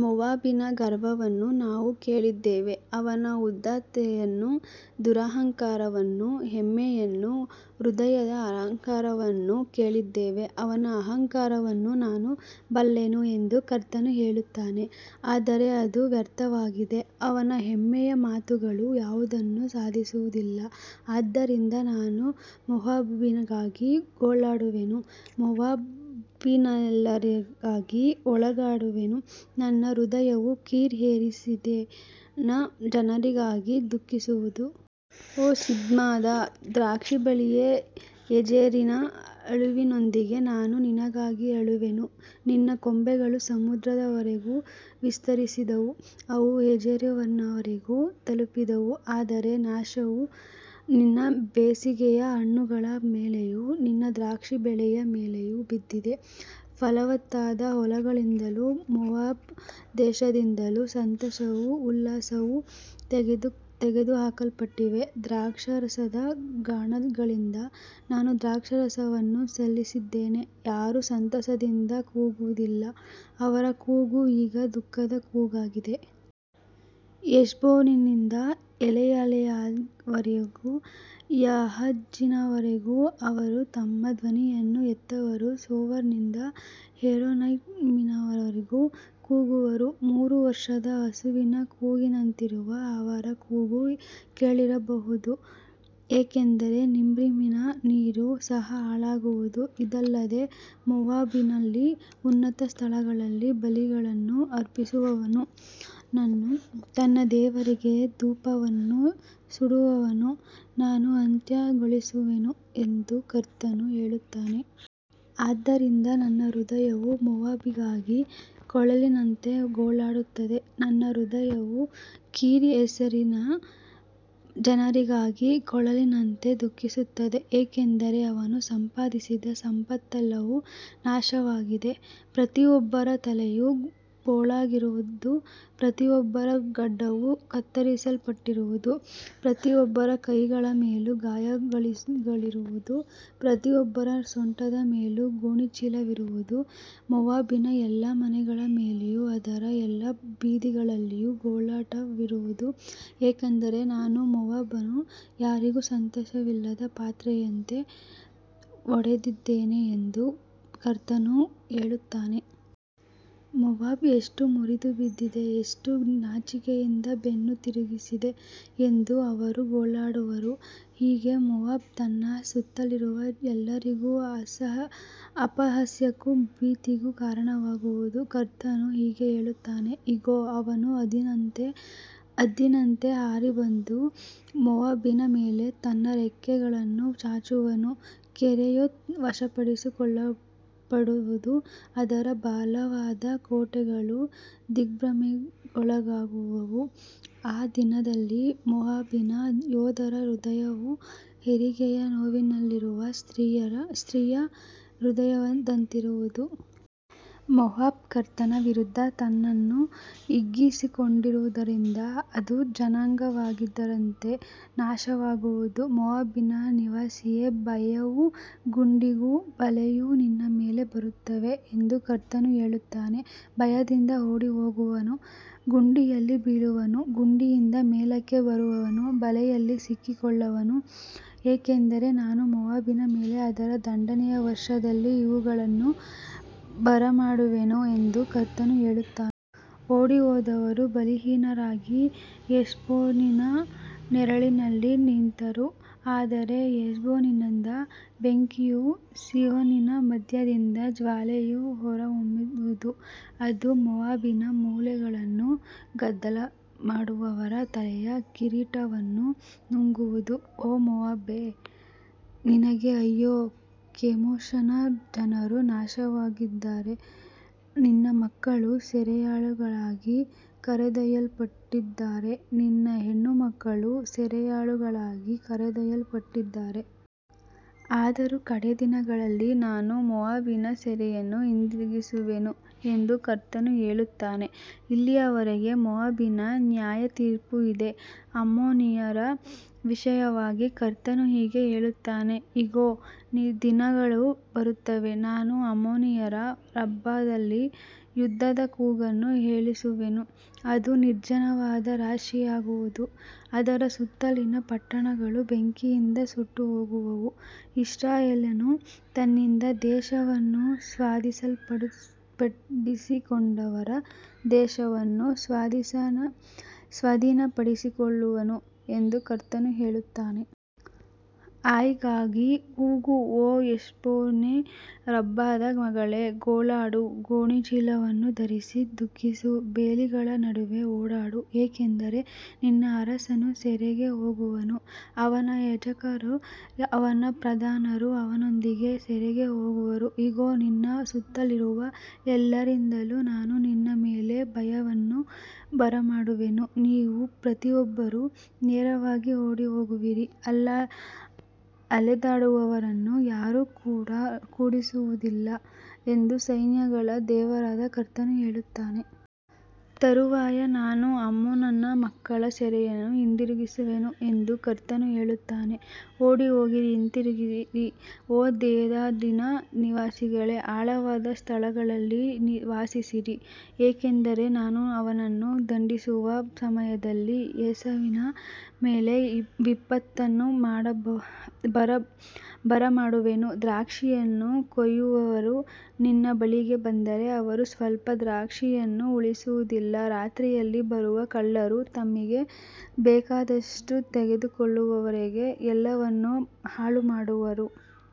ಮೋವಾಬಿನ ಗರ್ವವನ್ನು ನಾವು ಕೇಳಿದ್ದೇವೆ, ಅವನ ಉದಾತ್ತತೆಯನ್ನೂ ದುರಹಂಕಾರವನ್ನೂ ಹೆಮ್ಮೆಯನ್ನೂ ಹೃದಯದ ಅಹಂಕಾರವನ್ನೂ ಕೇಳಿದ್ದೇವೆ. ಅವನ ಅಹಂಕಾರವನ್ನು ನಾನು ಬಲ್ಲೆನು ಎಂದು ಕರ್ತನು ಹೇಳುತ್ತಾನೆ, ಆದರೆ ಅದು ವ್ಯರ್ಥವಾಗಿದೆ, ಅವನ ಹೆಮ್ಮೆಯ ಮಾತುಗಳು ಯಾವುದನ್ನೂ ಸಾಧಿಸುವುದಿಲ್ಲ. ಆದ್ದರಿಂದ ನಾನು ಮೋವಾಬಿಗಾಗಿ ಗೋಳಾಡುವೆನು, ಮೋವಾಬಿನೆಲ್ಲರಿಗಾಗಿ ಗೋಳಾಡುವೆನು, ನನ್ನ ಹೃದಯವು ಕೀರ್‌ಹೆರೆಸಿನ ಜನರಿಗಾಗಿ ದುಃಖಿಸುವುದು. ಓ ಸಿಬ್ಮಾದ ದ್ರಾಕ್ಷಿಬಳ್ಳಿಯೇ, ಯಜೆರಿನ ಅಳುವಿನೊಂದಿಗೆ ನಾನು ನಿನಗಾಗಿ ಅಳುವೆನು, ನಿನ್ನ ಕೊಂಬೆಗಳು ಸಮುದ್ರದವರೆಗೂ ವಿಸ್ತರಿಸಿದ್ದವು, ಅವು ಯಜೆರಿನವರೆಗೂ ತಲುಪಿದ್ದವು, ಆದರೆ ನಾಶವು ನಿನ್ನ ಬೇಸಿಗೆಯ ಹಣ್ಣುಗಳ ಮೇಲೆಯೂ ನಿನ್ನ ದ್ರಾಕ್ಷಿ ಬೆಳೆಯ ಮೇಲೆಯೂ ಬಿದ್ದಿದೆ. ಫಲವತ್ತಾದ ಹೊಲಗಳಿಂದಲೂ ಮೋವಾಬ್ ದೇಶದಿಂದಲೂ ಸಂತೋಷವೂ ಉಲ್ಲಾಸವೂ ತೆಗೆದುಹಾಕಲ್ಪಟ್ಟಿವೆ, ದ್ರಾಕ್ಷಾರಸದ ಗಾಣಗಳಿಂದ ನಾನು ದ್ರಾಕ್ಷಾರಸವನ್ನು ನಿಲ್ಲಿಸಿದ್ದೇನೆ, ಯಾರೂ ಸಂತೋಷದಿಂದ ಕೂಗುವುದಿಲ್ಲ, ಅವರ ಕೂಗು ಈಗ ದುಃಖದ ಕೂಗಾಗಿದೆ. ಹೆಷ್ಬೋನಿನಿಂದ ಎಲೆಯಾಲೆಯವರೆಗೂ, ಯಹಜಿನವರೆಗೂ ಅವರು ತಮ್ಮ ಧ್ವನಿಯನ್ನು ಎತ್ತುವರು, ಸೋವರ್‌ನಿಂದ ಹೋರೋನೈಮಿನವರೆಗೂ ಕೂಗುವರು, ಮೂರು ವರ್ಷದ ಹಸುವಿನ ಕೂಗಿನಂತಿರುವ ಅವರ ಕೂಗು ಕೇಳಿಬರುವುದು, ಏಕೆಂದರೆ ನಿಮ್ರೀಮಿನ ನೀರೂ ಸಹ ಹಾಳಾಗುವುದು. ಇದಲ್ಲದೆ ಮೋವಾಬಿನಲ್ಲಿ, ಉನ್ನತ ಸ್ಥಳಗಳಲ್ಲಿ ಬಲಿಗಳನ್ನು ಅರ್ಪಿಸುವವನನ್ನೂ ತನ್ನ ದೇವರಿಗೆ ಧೂಪವನ್ನು ಸುಡುವವನನ್ನೂ ನಾನು ಅಂತ್ಯಗೊಳಿಸುವೆನು ಎಂದು ಕರ್ತನು ಹೇಳುತ್ತಾನೆ. ಆದ್ದರಿಂದ ನನ್ನ ಹೃದಯವು ಮೋವಾಬಿಗಾಗಿ ಕೊಳಲಿನಂತೆ ಗೋಳಾಡುತ್ತದೆ, ನನ್ನ ಹೃದಯವು ಕೀರ್‌ಹೆರೆಸಿನ ಜನರಿಗಾಗಿ ಕೊಳಲಿನಂತೆ ದುಃಖಿಸುತ್ತದೆ, ಏಕೆಂದರೆ ಅವನು ಸಂಪಾದಿಸಿದ ಸಂಪತ್ತೆಲ್ಲವೂ ನಾಶವಾಗಿದೆ. ಪ್ರತಿಯೊಬ್ಬರ ತಲೆಯೂ ಬೋಳಾಗಿರುವುದು, ಪ್ರತಿಯೊಬ್ಬರ ಗಡ್ಡವೂ ಕತ್ತರಿಸಲ್ಪಟ್ಟಿರುವುದು, ಪ್ರತಿಯೊಬ್ಬರ ಕೈಗಳ ಮೇಲೂ ಗಾಯಗಳಿರುವುದು, ಪ್ರತಿಯೊಬ್ಬರ ಸೊಂಟದ ಮೇಲೂ ಗೋಣಿಚೀಲವಿರುವುದು. ಮೋವಾಬಿನ ಎಲ್ಲಾ ಮನೆಗಳ ಮೇಲೆಯೂ ಅದರ ಎಲ್ಲಾ ಬೀದಿಗಳಲ್ಲಿಯೂ ಗೋಳಾಟವಿರುವುದು, ಏಕೆಂದರೆ ನಾನು ಮೋವಾಬನ್ನು ಯಾರಿಗೂ ಸಂತೋಷವಿಲ್ಲದ ಪಾತ್ರೆಯಂತೆ ಒಡೆದಿದ್ದೇನೆ ಎಂದು ಕರ್ತನು ಹೇಳುತ್ತಾನೆ. ಮೋವಾಬ್ ಎಷ್ಟು ಮುರಿದುಬಿದ್ದಿದೆ, ಎಷ್ಟು ನಾಚಿಕೆಯಿಂದ ಬೆನ್ನು ತಿರುಗಿಸಿದೆ ಎಂದು ಅವರು ಗೋಳಾಡುವರು, ಹೀಗೆ ಮೋವಾಬ್ ತನ್ನ ಸುತ್ತಲಿರುವ ಎಲ್ಲರಿಗೂ ಅಪಹಾಸ್ಯಕ್ಕೂ ಭೀತಿಗೂ ಕಾರಣವಾಗುವುದು. ಕರ್ತನು ಹೀಗೆ ಹೇಳುತ್ತಾನೆ, ಇಗೋ, ಅವನು ಹದ್ದಿನಂತೆ ಹಾರಿಬಂದು ಮೋವಾಬಿನ ಮೇಲೆ ತನ್ನ ರೆಕ್ಕೆಗಳನ್ನು ಚಾಚುವನು, ಕೆರಿಯೋತ್ ವಶಪಡಿಸಿಕೊಳ್ಳಲ್ಪಡುವುದು, ಅದರ ಬಲವಾದ ಕೋಟೆಗಳು ದಿಗ್ಭ್ರಮೆಗೊಳ್ಳುವವು, ಆ ದಿನದಲ್ಲಿ ಮೋವಾಬಿನ ಯೋಧರ ಹೃದಯವು ಹೆರಿಗೆಯ ನೋವಿನಲ್ಲಿರುವ ಸ್ತ್ರೀಯ ಹೃದಯದಂತಿರುವುದು. ಮೋವಾಬ್ ಕರ್ತನ ವಿರುದ್ಧ ತನ್ನನ್ನು ಹಿಗ್ಗಿಸಿಕೊಂಡಿರುವುದರಿಂದ ಅದು ಜನಾಂಗವಾಗಿರದಂತೆ ನಾಶವಾಗುವುದು. ಮೋವಾಬಿನ ನಿವಾಸಿಯೇ, ಭಯವೂ ಗುಂಡಿಯೂ ಬಲೆಯೂ ನಿನ್ನ ಮೇಲೆ ಬರುತ್ತವೆ ಎಂದು ಕರ್ತನು ಹೇಳುತ್ತಾನೆ. ಭಯದಿಂದ ಓಡಿಹೋಗುವವನು ಗುಂಡಿಯಲ್ಲಿ ಬೀಳುವನು, ಗುಂಡಿಯಿಂದ ಮೇಲಕ್ಕೆ ಬರುವವನು ಬಲೆಯಲ್ಲಿ ಸಿಕ್ಕಿಕೊಳ್ಳುವನು, ಏಕೆಂದರೆ ನಾನು ಮೋವಾಬಿನ ಮೇಲೆ ಅದರ ದಂಡನೆಯ ವರ್ಷದಲ್ಲಿ ಇವುಗಳನ್ನು ಬರಮಾಡುವೆನು ಎಂದು ಕರ್ತನು ಹೇಳುತ್ತಾನೆ. ಓಡಿಹೋದವರು ಬಲಹೀನರಾಗಿ ಹೆಷ್ಬೋನಿನ ನೆರಳಿನಲ್ಲಿ ನಿಂತರು, ಆದರೆ ಹೆಷ್ಬೋನಿನಿಂದ ಬೆಂಕಿಯೂ ಸೀಹೋನಿನ ಮಧ್ಯದಿಂದ ಜ್ವಾಲೆಯೂ ಹೊರಹೊಮ್ಮುವುದು, ಅದು ಮೋವಾಬಿನ ಮೂಲೆಗಳನ್ನೂ ಗದ್ದಲಮಾಡುವವರ ತಲೆಯ ಕಿರೀಟವನ್ನೂ ನುಂಗುವುದು. ಓ ಮೋವಾಬೇ, ನಿನಗೆ ಅಯ್ಯೋ, ಕೆಮೋಷನ ಜನರು ನಾಶವಾಗಿದ್ದಾರೆ, ನಿನ್ನ ಮಕ್ಕಳು ಸೆರೆಯಾಳುಗಳಾಗಿ ಕರೆದೊಯ್ಯಲ್ಪಟ್ಟಿದ್ದಾರೆ, ನಿನ್ನ ಹೆಣ್ಣುಮಕ್ಕಳೂ ಸೆರೆಯಾಳುಗಳಾಗಿ ಕರೆದೊಯ್ಯಲ್ಪಟ್ಟಿದ್ದಾರೆ. ಆದರೂ ಕಡೇ ದಿನಗಳಲ್ಲಿ ನಾನು ಮೋವಾಬಿನ ಸೆರೆಯನ್ನು ಹಿಂದಿರುಗಿಸುವೆನು ಎಂದು ಕರ್ತನು ಹೇಳುತ್ತಾನೆ. ಇಲ್ಲಿಯವರೆಗೆ ಮೋವಾಬಿನ ನ್ಯಾಯತೀರ್ಪು ಇದೆ. ಅಮ್ಮೋನಿಯರ ವಿಷಯವಾಗಿ ಕರ್ತನು ಹೀಗೆ ಹೇಳುತ್ತಾನೆ, ಇಗೋ, ದಿನಗಳು ಬರುತ್ತವೆ, ನಾನು ಅಮ್ಮೋನಿಯರ ರಬ್ಬಾದಲ್ಲಿ ಯುದ್ಧದ ಕೂಗನ್ನು ಕೇಳಿಸುವೆನು, ಅದು ನಿರ್ಜನವಾದ ರಾಶಿಯಾಗುವುದು, ಅದರ ಸುತ್ತಲಿನ ಪಟ್ಟಣಗಳು ಬೆಂಕಿಯಿಂದ ಸುಟ್ಟುಹೋಗುವವು, ಇಸ್ರಾಯೇಲನು ತನ್ನಿಂದ ದೇಶವನ್ನು ಸ್ವಾಧೀನಪಡಿಸಿಕೊಂಡವರ ದೇಶವನ್ನು ಸ್ವಾಧೀನಪಡಿಸಿಕೊಳ್ಳುವನು ಎಂದು ಕರ್ತನು ಹೇಳುತ್ತಾನೆ. ಆಯಿಗಾಗಿ ಕೂಗು, ಓ ಹೆಷ್ಬೋನೇ, ರಬ್ಬಾದ ಮಗಳೇ, ಗೋಳಾಡು, ಗೋಣಿಚೀಲವನ್ನು ಧರಿಸಿ ದುಃಖಿಸು, ಬೇಲಿಗಳ ನಡುವೆ ಓಡಾಡು, ಏಕೆಂದರೆ ನಿನ್ನ ಅರಸನು ಸೆರೆಗೆ ಹೋಗುವನು, ಅವನ ಯಾಜಕರೂ ಅವನ ಪ್ರಧಾನರೂ ಅವನೊಂದಿಗೆ ಸೆರೆಗೆ ಹೋಗುವರು. ಇಗೋ, ನಿನ್ನ ಸುತ್ತಲಿರುವ ಎಲ್ಲರಿಂದಲೂ ನಾನು ನಿನ್ನ ಮೇಲೆ ಭಯವನ್ನು ಬರಮಾಡುವೆನು, ನೀವು ಪ್ರತಿಯೊಬ್ಬರೂ ನೇರವಾಗಿ ಓಡಿಹೋಗುವಿರಿ, ಅಲೆದಾಡುವವರನ್ನು ಯಾರೂ ಕೂಡಿಸುವುದಿಲ್ಲ ಎಂದು ಸೈನ್ಯಗಳ ದೇವರಾದ ಕರ್ತನು ಹೇಳುತ್ತಾನೆ. ತರುವಾಯ ನಾನು ಅಮ್ಮೋನನ ಮಕ್ಕಳ ಸೆರೆಯನ್ನು ಹಿಂದಿರುಗಿಸುವೆನು ಎಂದು ಕರ್ತನು ಹೇಳುತ್ತಾನೆ. ಓಡಿಹೋಗಿರಿ, ಹಿಂತಿರುಗಿರಿ, ಓ ದೇದಾನಿನ ನಿವಾಸಿಗಳೇ, ಆಳವಾದ ಸ್ಥಳಗಳಲ್ಲಿ ವಾಸಿಸಿರಿ, ಏಕೆಂದರೆ ನಾನು ಅವನನ್ನು ದಂಡಿಸುವ ಸಮಯದಲ್ಲಿ ಏಸಾವಿನ ಮೇಲೆ ವಿಪತ್ತನ್ನು ಬರಮಾಡುವೆನು. ದ್ರಾಕ್ಷಿಯನ್ನು ಕೊಯ್ಯುವವರು ನಿನ್ನ ಬಳಿಗೆ ಬಂದರೆ, ಅವರು ಸ್ವಲ್ಪ ದ್ರಾಕ್ಷಿಯನ್ನೂ ಉಳಿಸುವುದಿಲ್ಲ, ರಾತ್ರಿಯಲ್ಲಿ ಬರುವ ಕಳ್ಳರು ತಮ್ಮಿಗೆ ಬೇಕಾದಷ್ಟು ತೆಗೆದುಕೊಳ್ಳುವವರೆಗೆ ಎಲ್ಲವನ್ನೂ ಹಾಳುಮಾಡುವರು.